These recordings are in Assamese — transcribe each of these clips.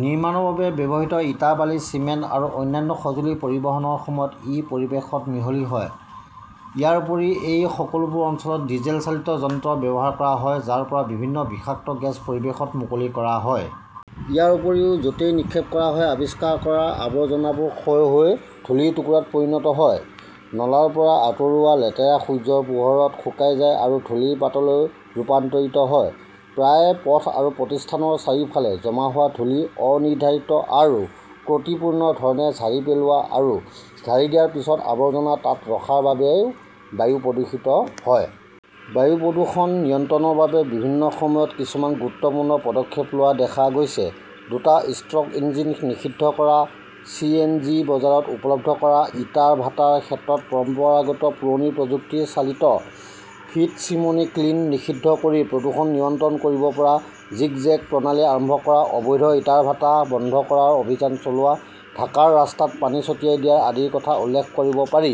নিৰ্মাণৰ বাবে ব্যৱহৃত ইটা, বালি, চিমেণ্ট আৰু অন্যান্য সঁজুলি পৰিবহণৰ সময়ত ই পৰিৱেশত মিহলি হয়। ইয়াৰ উপৰিও, এই সকলোবোৰ অঞ্চলত ডিজেল চালিত যন্ত্ৰ ব্যৱহাৰ কৰা হয়, যাৰ পৰা বিভিন্ন বিষাক্ত গেছ পৰিৱেশত মুকলি কৰা হয়। ইয়াৰ উপৰিও, য 'তেই নিক্ষেপ কৰা হয়, আৱিষ্কাৰ কৰা আৱৰ্জনাবোৰ ক্ষয় হৈ ধূলিৰ টুকুৰাত পৰিণত হয়। নলাৰ পৰা আঁতৰোৱা লেতেৰা সূৰ্যৰ পোহৰত শুকাই যায় আৰু ধূলিৰ পাতলৈ ৰূপান্তৰিত হয়। প্ৰায়ে পথ আৰু প্ৰতিষ্ঠানৰ চাৰিওফালে জমা হোৱা ধূলি অনিৰ্ধাৰিত আৰু ত্ৰুটিপূৰ্ণ ধৰণে ঝাৰি পেলোৱা আৰু ঝাৰি দিয়াৰ পিছত আৱৰ্জনা তাত ৰখাৰ বাবেও বায়ু প্ৰদূষিত হয়। বায়ু প্ৰদূষণ নিয়ন্ত্ৰণৰ বাবে বিভিন্ন সময়ত কিছুমান গুৰুত্বপূৰ্ণ পদক্ষেপ লোৱা দেখা গৈছে। দুটা ষ্ট্ৰ 'ক ইঞ্জিন নিষিদ্ধ কৰা, চি. এন. জি. বজাৰত উপলব্ধ কৰা, ইটাৰ ভাটাৰ ক্ষেত্ৰত পৰম্পৰাগত পুৰণি প্ৰযুক্তি চালিত' ফিড চিমনী ক্লিন "নিষিদ্ধ কৰি প্ৰদূষণ নিয়ন্ত্ৰণ কৰিব পৰা 'জিগজেগ প্ৰণালী" আৰম্ভ কৰা, অবৈধ ইটাৰ ভাটা বন্ধ কৰাৰ অভিযান চলোৱা, ঢাকাৰ ৰাস্তাত পানী ছটিয়াই দিয়া আদিৰ কথা উল্লেখ কৰিব পাৰি।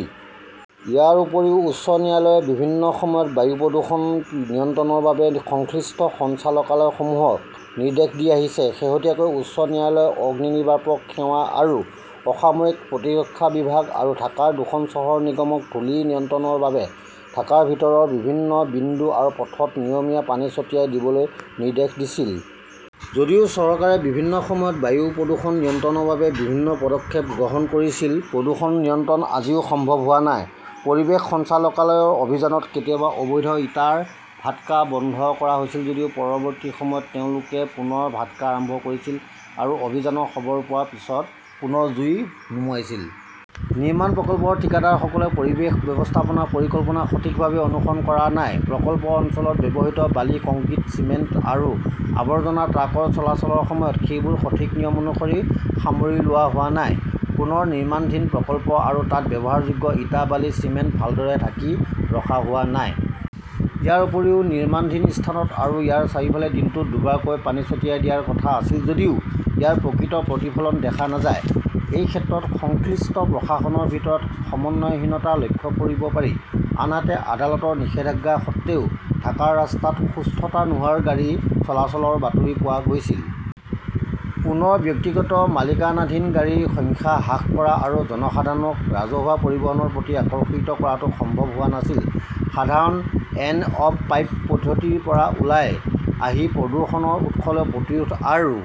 ইয়াৰ উপৰিও উচ্চ ন্যায়ালয়ে বিভিন্ন সময়ত বায়ু প্ৰদূষণ নিয়ন্ত্ৰণৰ বাবে সংশ্লিষ্ট সঞ্চালকালয়সমূহক নিৰ্দেশ দি আহিছে। শেহতীয়াকৈ উচ্চ ন্যায়ালয়ে অগ্নিনিৰ্বাপক সেৱা আৰু অসামৰিক প্ৰতিৰক্ষা বিভাগ আৰু ঢাকাৰ দুখন চহৰ নিগমক ধূলি নিয়ন্ত্ৰণৰ বাবে ঢাকাৰ ভিতৰৰ বিভিন্ন বিন্দু আৰু পথত নিয়মীয়া পানী ছটিয়াই দিবলৈ নিৰ্দেশ দিছিল। যদিও চৰকাৰে বিভিন্ন সময়ত বায়ু প্ৰদূষণ নিয়ন্ত্ৰণৰ বাবে বিভিন্ন পদক্ষেপ গ্ৰহণ কৰিছিল, প্ৰদূষণ নিয়ন্ত্ৰণ আজিও সম্ভৱ হোৱা নাই। পৰিৱেশ সঞ্চালকালয়ৰ অভিযানত কেতিয়াবা অবৈধ ইটাৰ ভাটকা বন্ধ কৰা হৈছিল যদিও পৰৱৰ্তী সময়ত তেওঁলোকে পুনৰ ভাটকা আৰম্ভ কৰিছিল আৰু অভিযানৰ খবৰ পোৱাৰ পিছত পুনৰ জুই নুমুৱাইছিল। নিৰ্মাণ প্ৰকল্পৰ ঠিকাদাৰসকলে 'পৰিৱেশ ব্যৱস্থাপনা পৰিকল্পনা "সঠিকভাৱে অনুসৰণ কৰা নাই। প্ৰকল্প অঞ্চলত ব্যৱহৃত বালি, কংক্ৰিট, চিমেণ্ট আৰু আবৰ্জনা ট্ৰাকৰ চলাচলৰ সময়ত সেইবোৰ সঠিক নিয়ম অনুসৰি সামৰি লোৱা হোৱা নাই। পুনৰ নিৰ্মাণধীন প্ৰকল্প আৰু তাত ব্যৱহাৰযোগ্য ইটা, বালি, চিমেণ্ট ভালদৰে ঢাকি ৰখা হোৱা নাই। ইয়াৰ উপৰিও, নিৰ্মাণধীন স্থানত আৰু ইয়াৰ চাৰিওফালে দিনটোত দুবাৰকৈ পানী ছটিয়াই দিয়াৰ কথা আছিল যদিও ইয়াৰ প্ৰকৃত প্ৰতিফলন দেখা নাযায়। এই ক্ষেত্ৰত, সংশ্লিষ্ট প্ৰশাসনৰ ভিতৰত সমন্বয়হীনতা লক্ষ্য কৰিব পাৰি। আনহাতে, আদালতৰ নিষেধাজ্ঞা সত্বেও ঢাকাৰ ৰাস্তাত সুস্থতা নোহোৱা গাড়ীৰ চলাচলৰ বাতৰি পোৱা গৈছিল। পুনৰ ব্যক্তিগত মালিকানাধীন গাড়ীৰ সংখ্যা হ্ৰাস কৰা আৰু জনসাধাৰণক ৰাজহুৱা পৰিবহণৰ প্ৰতি আকৰ্ষিত কৰাটো সম্ভৱ হোৱা নাছিল। সাধাৰণ 'এণ্ড-অৱ-পাইপ "পদ্ধতিৰ পৰা ওলাই আহি প্ৰদূষণৰ উৎসলৈ প্ৰতিৰোধ আৰু